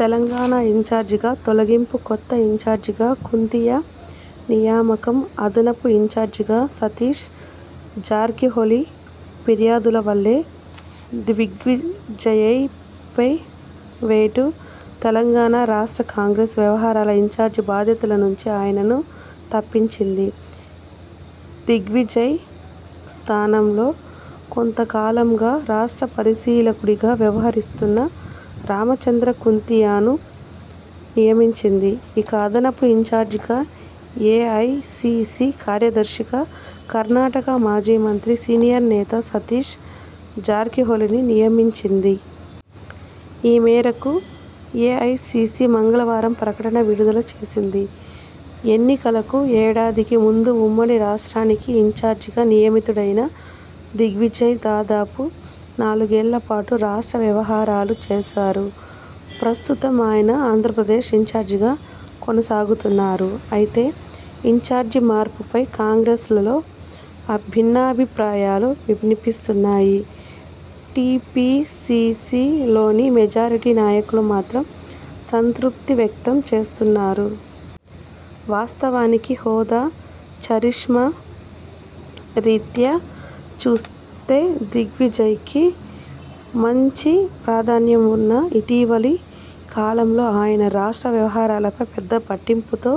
తెలంగాణ ఇన్చార్జిగా తొలగింపుకొత్త ఇన్చార్జిగా కుంతియా నియామకం అదనపు ఇన్చార్జిగా సతీష్ జార్కిహొళిఫిర్యాదుల వల్లే దిగ్విజయై పై వేటు! తెలంగాణ రాష్ట్ర కాంగ్రెస్ వ్యవహారాల ఇన్చార్జి బాధ్యతల నుంచి ఆయనను తప్పించింది. దిగ్విజయ్ స్థానంలో.. కొంతకాలంగా రాష్ట్ర పరిశీలకుడిగా వ్యవహరిస్తున్న రామచంద్ర కుంతియాను నియమించింది. ఇక అదనపు ఇన్చార్జిగా, ఏఐసీసీ కార్యదర్శిగా కర్ణాటక మాజీ మంత్రి, సీనియర్ నేత సతీశ్ జార్కిహొళిని నియమించింది. ఈ మేరకు ఏఐసీసీ మంగళవారం ప్రకటన విడుదల చేసింది. ఎన్నికలకు ఏడాదికి ముందు ఉమ్మడి రాష్ట్రానికి ఇన్చార్జిగా నియమితుడైన దిగ్విజయ్ దాదాపు నాలుగేళ్లపాటు రాష్ట్ర వ్యవహారాలు చేశారు. ప్రస్తుతం ఆయన ఆంధ్రప్రదేశ్ ఇన్చార్జిగా కొనసాగుతున్నారు. అయితే ఇన్చార్జి మార్పుపై కాంగ్రెస్లలో భిన్నాభిప్రాయాలు వినిపిస్తున్నాయి. టీపీసీసీలోని మెజారిటీ నాయకులు మాత్రం సంతృప్తి వ్యక్తం చేస్తున్నారు. వాస్తవానికి హోదా, ఛరిష్మా రీత్యా చూస్తే దిగ్విజయ్కి మంచి ప్రాధాన్యం ఉన్నా.. ఇటీవలి కాలంలో ఆయన రాష్ట్ర వ్యవహారాలపై పెద్ద పట్టింపుతో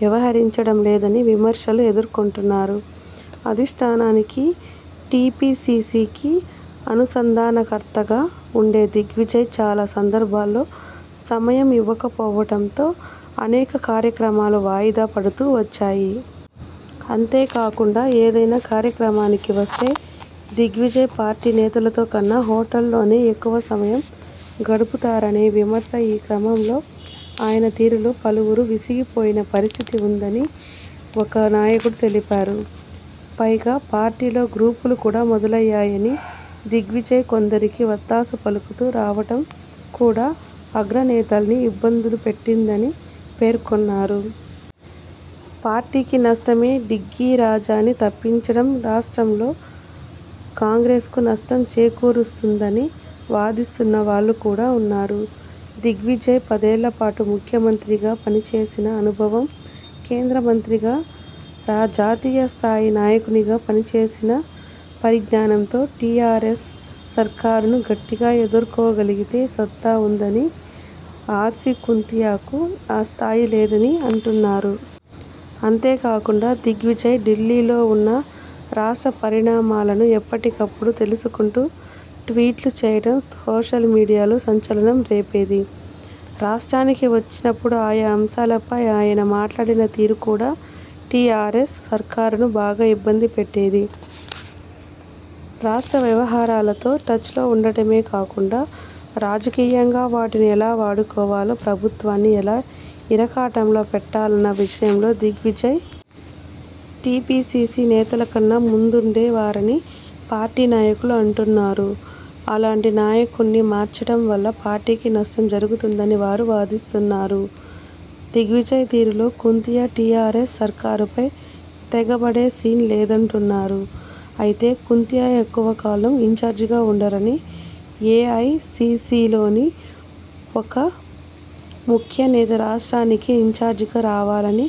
వ్యవహరించడం లేదనే విమర్శలు ఎదుర్కొంటున్నారు. అధిష్ఠానానికి టీపీసీసీకి అనుసంధానకర్తగా ఉండే దిగ్విజయ్ చాలా సందర్భాల్లో సమయం ఇవ్వకపోవడంతో అనేక కార్యక్రమాలు వాయిదా పడుతూ వచ్చాయి. అంతేకాకుండా ఏదైనా కార్యక్రమానికి వస్తే దిగ్విజయ్ పార్టీ నేతలతో కన్నా హోటల్లోనే ఎక్కువ సమయం గడుపుతారనే విమర్శ ఈ క్రమంలో ఆయన తీరుతో పలువురు విసిగిపోయిన పరిస్థితి ఉందని ఒక నాయకుడు తెలిపారు. పైగా పార్టీలో గ్రూపులు కూడా మొదలయ్యాయని, దిగ్విజయ్ కొందరికి వత్తాసు పలుకుతూ రావడం కూడా అగ్రనేతల్ని ఇబ్బందులు పెట్టిందని పేర్కొన్నారు. పార్టీకి నష్టమే.. డిగ్గీరాజాను తప్పించడం రాష్ట్రంలో కాంగ్రెస్ కు నష్టం చేకూరుస్తుందని వాదిస్తున్న వాళ్లు కూడా ఉన్నారు. దిగ్విజయ్ పదేళ్లపాటు ముఖ్యమంత్రిగా పనిచేసిన అనుభవం, కేంద్రమంత్రిగా, జాతీయ స్థాయి నాయకునిగా పనిచేసిన పరిజ్ఞానంతో టీఆర్ఎస్ సర్కారును గట్టిగా ఎదుర్కోగలిగే సత్తా ఉందని, ఆర్సీ కుంతియాకు ఆ స్థాయి లేదని అంటున్నారు. అంతేకాకుండా దిగ్విజయ్ ఢిల్లీలో ఉన్నా రాష్ట్ర పరిణామాలను ఎప్పటికప్పుడు తెలుసుకుంటూ ట్వీట్లు చేయడం సోషల్ మీడియాలో సంచలనం రేపేది. రాష్ట్రానికి వచ్చినప్పుడు ఆయా అంశాలపై ఆయన మాట్లాడిన తీరు కూడా టీఆర్ఎస్ సర్కారును బాగా ఇబ్బంది పెట్టేది. రాష్ట్ర వ్యవహారాలతో టచ్లో ఉండడమే కాకుండా రాజకీయంగా వాటిని ఎలా వాడుకోవాలో, ప్రభుత్వాన్ని ఎలా ఇరకాటంలో పెట్టాలన్న విషయంలో దిగ్విజయ్.. టీపీసీసీ నేతలకన్నా ముందుండే వారని పార్టీ నాయకులు అంటున్నారు. అలాంటి నాయకున్ని మార్చడం వల్ల పార్టీకి నష్టం జరుగుతుందని వారు వాదిస్తున్నారు. దిగ్విజయ్ తీరులో కుంతియా టీఆర్ఎస్ సర్కారుపై తెగబడే సీన్ లేదంటున్నారు. అయితే కుంతియా ఎక్కువ కాలం ఇన్చార్జిగా ఉండరని, ఏఐసీసీలోకి ఒక ముఖ్యనేత రాష్ట్రానికి ఇన్చార్జిగా రావాలని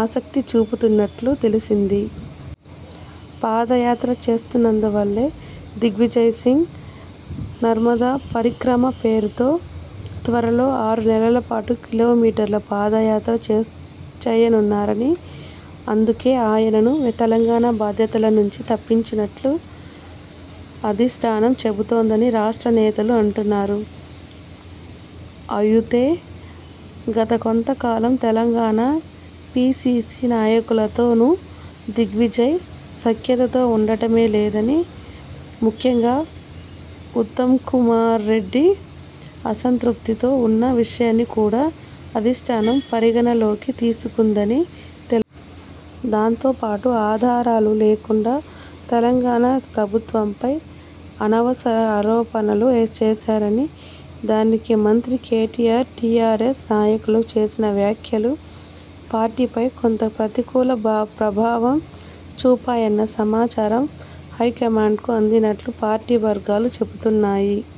ఆసక్తి చూపుతున్నట్లు తెలిసింది. పాదయాత్ర చేస్తున్నందువల్లే.. దిగ్విజయ్సింగ్ నర్మదా పరిక్రమ పేరుతో త్వరలో ఆరు నెలలపాటు కిలోమీటర్ల పాదయాత్ర చేస్ చేయనున్నారని, అందుకే ఆయనను తెలంగాణ బాధ్యతల నుంచి తప్పించినట్లు అధిష్ఠానం చెబుతోందని రాష్ట్ర నేతలు అంటున్నారు. అయుతే గత కొంత కాలం తెలంగాణ పీసీసీ నాయకులతోనూ దిగ్విజయ్ సఖ్యతతో ఉండటంలేదని, ముఖ్యంగా ఉత్తమ్కుమార్రెడ్డి అసంతృప్తితో ఉన్న విషయాన్ని కూడా అధిష్ఠానం పరిగణనలోకి తీసుకుందని తెలు. దాంతోపాటు ఆధారాలు లేకుండా తెలంగాణ ప్రభుత్వంపై అనవసర ఆరోపణలు ఏచేశారని, దానికి మంత్రి కేటీఆర్, టీఆర్ఎస్ నాయకులు చేసిన వ్యాఖ్యలు పార్టీపై కొంత ప్రతికూల భాప్రభావ చూపాయన్న సమాచారం హైకమాండ్కు అందినట్లు పార్టీ వర్గాలు చెబుతున్నాయి.